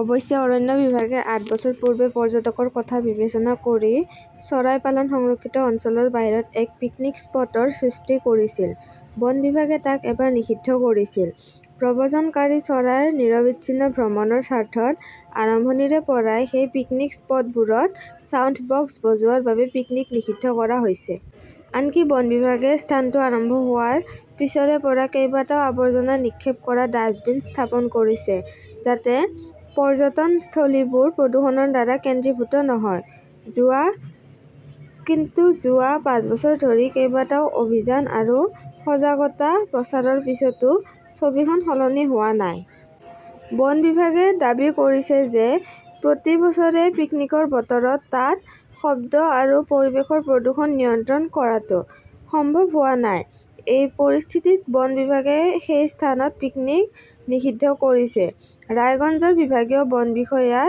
অৱশ্যে, অৰণ্য বিভাগে আঠ বছৰ পূৰ্বে পৰ্যটকৰ কথা বিবেচনা কৰি চৰাই পালন সংৰক্ষিত অঞ্চলৰ বাহিৰত এক পিকনিক স্পটৰ সৃষ্টি কৰিছিল। বন বিভাগে তাক এবাৰ নিষিদ্ধ কৰিছিল। প্ৰব্ৰজনকাৰী চৰাইৰ নিৰবিচ্ছিন্ন ভ্ৰমণৰ স্বাৰ্থত আৰম্ভণিৰে পৰাই সেই পিকনিক স্পটবোৰত ছাউণ্ডবক্স বজোৱাৰ বাবে পিকনিক নিষিদ্ধ কৰা হৈছে। আনকি বন বিভাগে স্থানটো আৰম্ভ হোৱাৰ পিছৰে পৰা কেইবাটাও আৱৰ্জনা নিক্ষেপ কৰা ডাস্টবিন স্থাপন কৰিছে, যাতে পৰ্যটনস্থলীবোৰ প্ৰদূষণৰ দ্বাৰা কেন্দ্ৰীভূত নহয়। যোৱা কিন্তু যোৱা পাঁচ বছৰ ধৰি কেইবাটাও অভিযান আৰু সজাগতা প্ৰচাৰৰ পিছতো ছবিখন সলনি হোৱা নাই। বন বিভাগে দাবী কৰিছে যে, প্ৰতি বছৰে পিকনিকৰ বতৰত তাত শব্দ আৰু পৰিৱেশৰ প্ৰদূষণ নিয়ন্ত্ৰণ কৰাটো সম্ভৱ হোৱা নাই। এই পৰিস্থিতিত বন বিভাগে সেই স্থানত পিকনিক নিষিদ্ধ কৰিছে। ৰায়গঞ্জৰ বিভাগীয় বন বিষয়া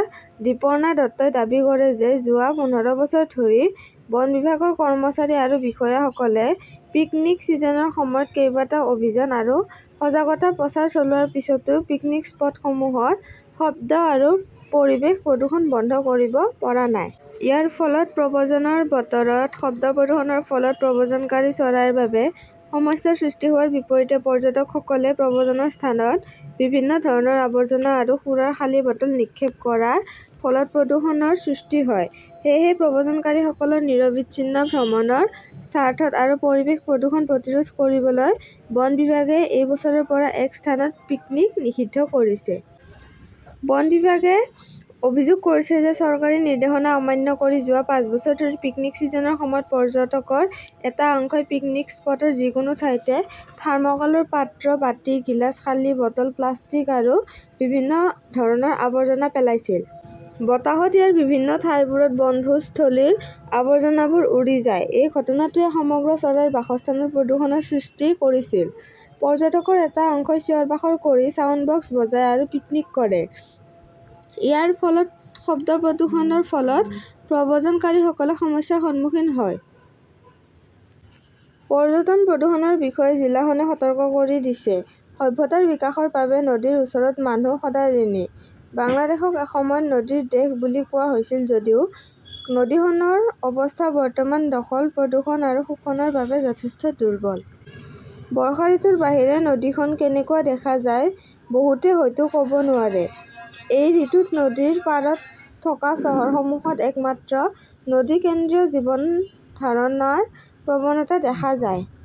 দীপৰ্ণা দত্তই দাবী কৰে যে, যোৱা পোন্ধৰ বছৰ ধৰি বন বিভাগৰ কৰ্মচাৰী আৰু বিষয়াসকলে পিকনিক ছিজনৰ সময়ত কেইবাটাও অভিযান আৰু সজাগতা প্ৰচাৰ চলোৱাৰ পিছতো পিকনিক স্পটসমূহত শব্দ আৰু পৰিৱেশ প্ৰদূষণ বন্ধ কৰিব পৰা নাই। ইয়াৰ ফলত প্ৰব্ৰজনৰ বতৰত শব্দ প্ৰদূষণৰ ফলত প্ৰব্যজনকাৰী চৰাইৰ বাবে সমস্যাৰ সৃষ্টি হোৱাৰ বিপৰীতে পৰ্যটকসকলে প্ৰব্ৰজনৰ স্থানত বিভিন্ন ধৰণৰ আৱৰ্জনা আৰু সুৰাৰ খালী বটল নিক্ষেপ কৰাৰ ফলত প্ৰদুষণৰ সৃষ্টি হয়। সেয়েহে, প্ৰব্ৰজনকাৰীসকলৰ নিৰবিচ্ছিন্ন ভ্ৰমণৰ স্বাৰ্থত আৰু পৰিৱেশ প্ৰদূষণ প্ৰতিৰোধ কৰিবলৈ বন বিভাগে এই বছৰৰ পৰা এক স্থানত পিকনিক নিষিদ্ধ কৰিছে। বন বিভাগে অভিযোগ কৰিছে যে, চৰকাৰী নিৰ্দেশনা অমান্য কৰি যোৱা পাঁচ বছৰ ধৰি পিকনিক ছিজনৰ সময়ত পৰ্যটকৰ এটা অংশই পিকনিক স্পটৰ যিকোনো ঠাইতে থাৰ্মকলৰ পাত্ৰ, বাটি, গিলাছ, খালী বটল, প্লাষ্টিক আৰু বিভিন্ন ধৰণৰ আৱৰ্জনা পেলাইছিল। বতাহত ইয়াৰ বিভিন্ন ঠাইবোৰত বনভোজস্থলীৰ আবৰ্জনাবোৰ উৰি যায়। এই ঘটনাটোৱে সমগ্ৰ চৰাইৰ বাসস্থানত প্ৰদূষণৰ সৃষ্টি কৰিছিল। পৰ্যটকৰ এটা অংশই চিঞৰ-বাখৰ কৰি ছাউণ্ডবক্স বজায় আৰু পিকনিক কৰে। ইয়াৰ ফলত শব্দ প্ৰদূষণৰ ফলত প্ৰব্ৰজনকাৰীসকলে সমস্যাৰ সন্মুখীন হয়। পৰ্যটন-প্ৰদূষণৰ বিষয়ে জিলাখনে সতৰ্ক কৰি দিছে । সভ্যতাৰ বিকাশৰ বাবে নদীৰ ওচৰত মানুহ সদায় ঋণী। বাংলাদেশক এসময়ত নদীৰ দেশ বুলি কোৱা হৈছিল যদিও, নদীখনৰ অৱস্থা বৰ্তমান দখল, প্ৰদূষণ আৰু শোষণৰ বাবে যথেষ্ট দুৰ্বল। বৰ্ষা ঋতুৰ বাহিৰে নদীখন কেনেকুৱা দেখা যায় বহুতে হয়তো ক'ব নোৱাৰে। এই ঋতুত নদীৰ পাৰত থকা চহৰসমূহত একমাত্ৰ নদী-কেন্দ্ৰীয় জীৱন ধাৰণৰ প্ৰৱণতা দেখা যায় ।